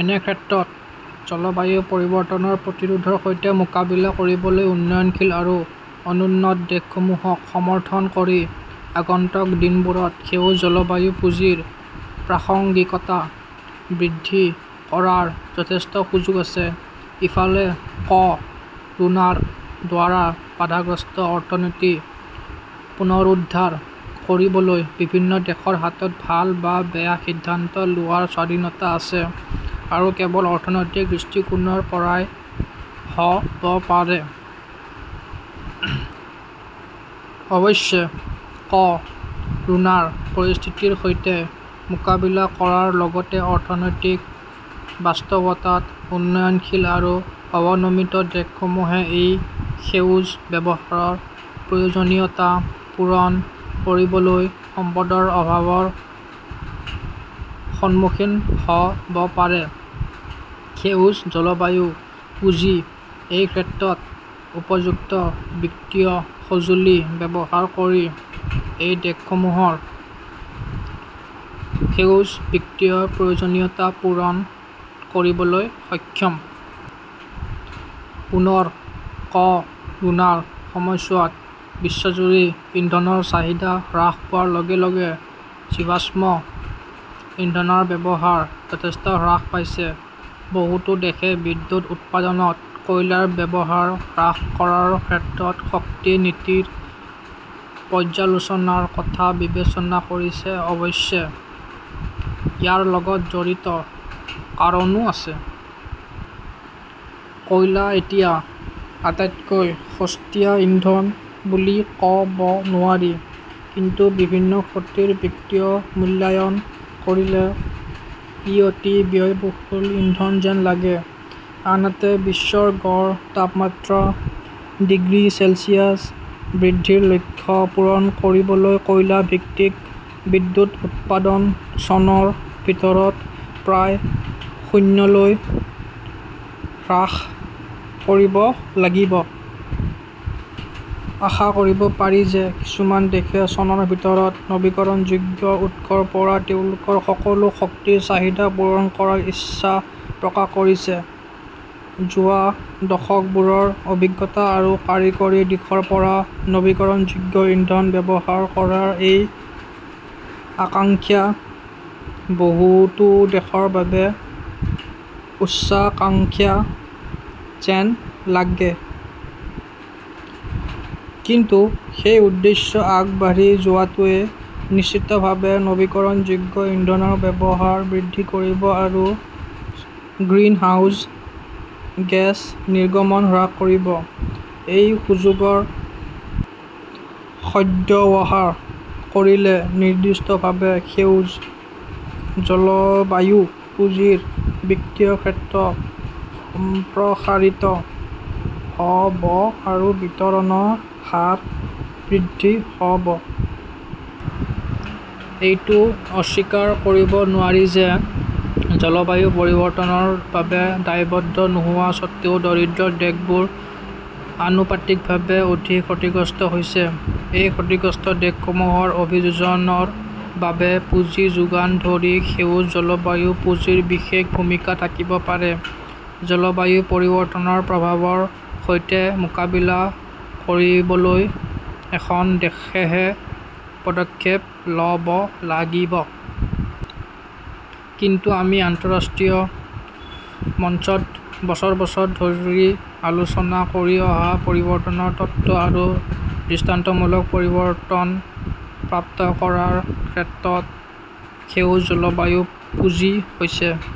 এনে ক্ষেত্ৰত জলবায়ু পৰিৱৰ্তনৰ প্ৰতিৰোধৰ সৈতে মোকাবিলা কৰিবলৈ উন্নয়নশীল আৰু অনুন্নত দেশসমূহক সমৰ্থন কৰি আগন্তুক দিনবোৰত সেউজ জলবায়ু পুঁজিৰ প্ৰাসংগিকতা বৃদ্ধি কৰাৰ যথেষ্ট সুযোগ আছে। ইফালে, ক "ৰোনাৰ দ্বাৰা বাধাগ্ৰস্ত অৰ্থনীতি পুনৰুদ্ধাৰ কৰিবলৈ বিভিন্ন দেশৰ হাতত ভাল বা বেয়া সিদ্ধান্ত লোৱাৰ স্বাধীনতা আছে আৰু কেৱল অৰ্থনৈতিক দৃষ্টিকোণৰ পৰাই হ" ব পাৰে। অৱশ্যে, ক "ৰোনাৰ পৰিস্থিতিৰ সৈতে মোকাবিলা কৰাৰ লগতে অৰ্থনৈতিক বাস্তৱতাত, উন্নয়নশীল আৰু অৱনমিত দেশসমূহে এই সেউজ ব্যৱহাৰৰ প্ৰয়োজনীয়তা পূৰণ কৰিবলৈ সম্পদৰ অভাৱৰ সন্মুখীন হ" ব পাৰে। সেউজ জলবায়ু পুঁজি এই ক্ষেত্ৰত উপযুক্ত বিত্তীয় সঁজুলি ব্যৱহাৰ কৰি এই দেশসমূহৰ সেউজ বিত্তীয় প্ৰয়োজনীয়তা পূৰণ কৰিবলৈ সক্ষম। পুনৰ ক "ৰোনাৰ সময়ছোৱাত বিশ্বজুৰি ইন্ধনৰ চাহিদা হ্ৰাস পোৱাৰ লগে লগে জীৱাশ্ম ইন্ধনৰ ব্যৱহাৰ যথেষ্ট হ্ৰাস পাইছে। বহুতো দেশে বিদ্যুৎ উৎপাদনত কয়লাৰ ব্যৱহাৰ হ্ৰাস কৰাৰ ক্ষেত্ৰত শক্তি নীতিৰ পৰ্যালোচনাৰ কথা বিবেচনা কৰিছে। অৱশ্যে ইয়াৰ লগত জড়িত কাৰণো আছে। কয়লা এতিয়া আটাইতকৈ সস্তীয়া ইন্ধন বুলি ক "ব নোৱাৰি, কিন্তু বিভিন্ন ক্ষতিৰ বিত্তীয় মূল্যায়ন কৰিলে ই অতি ব্যয়বহুল ইন্ধন যেন লাগে। আনহাতে, বিশ্বৰ গড় তাপমাত্ৰা ডিগ্ৰী চেলছিয়াছ বৃদ্ধিৰ লক্ষ্য পূৰণ কৰিবলৈ কয়লা ভিত্তিক বিদ্যুৎ উৎপাদন চনৰ ভিতৰত প্ৰায় শূন্যলৈ হ্ৰাস কৰিব লাগিব। আশা কৰিব পাৰি যে কিছুমান দেশে চনৰ ভিতৰত নৱীকৰণযোগ্য উৎসৰ পৰা তেওঁলোকৰ সকলো শক্তিৰ চাহিদা পূৰণ কৰাৰ ইচ্ছা প্ৰকাশ কৰিছে। যোৱা দশকবোৰৰ অভিজ্ঞতা আৰু কাৰিকৰী দিশৰ পৰা নৱীকৰণযোগ্য ইন্ধন ব্যৱহাৰ কৰাৰ এই আকাংক্ষা বহুতো দেশৰ বাবে উচ্চাকাংক্ষা যেন লাগে। কিন্তু সেই উদ্দেশ্যে আগবাঢ়ি যোৱাটোৱে নিশ্চিতভাৱে নৱীকৰণযোগ্য ইন্ধনৰ ব্যৱহাৰ বৃদ্ধি কৰিব আৰু গ্ৰিনহাউজ গেছ নিৰ্গমন হ্ৰাস কৰিব। এই সুযোগৰ সদ্ব্যৱহাৰ কৰিলে নিৰ্দিষ্টভাৱে সেউজ জলবায়ু পুঁজিৰ বিত্তীয় ক্ষেত্ৰ সম্প্ৰসাৰিত হ "ব আৰু বিতৰণৰ হাৰ বৃদ্ধি হ" ব। এইটো অস্বীকাৰ কৰিব নোৱাৰি যে জলবায়ু পৰিৱৰ্তনৰ বাবে দায়বদ্ধ নোহোৱা স্বত্বেও দৰিদ্ৰ দেশবোৰ আনুপাতিকভাৱে অধিক ক্ষতিগ্ৰস্ত হৈছে। এই ক্ষতিগ্ৰস্ত দেশসমূহৰ অভিযোজনৰ বাবে পুঁজি যোগান ধৰি সেউজ জলবায়ু পুঁজিৰ বিশেষ ভূমিকা থাকিব পাৰে। জলবায়ু পৰিৱৰ্তনৰ প্ৰভাৱৰ সৈতে মোকাবিলা কৰিবলৈ এখন দেশেহে পদক্ষেপ ল "ব লাগিব। কিন্তু আমি আন্তঃৰাষ্ট্ৰীয় মঞ্চত বছৰ বছৰ ধৰি আলোচনা কৰি অহা পৰিৱৰ্তনৰ তত্ত্ব আৰু দৃষ্টান্তমূলক পৰিৱৰ্তন প্ৰাপ্ত কৰাৰ ক্ষেত্ৰত সেউজ জলবায়ু পুঁজি হৈছে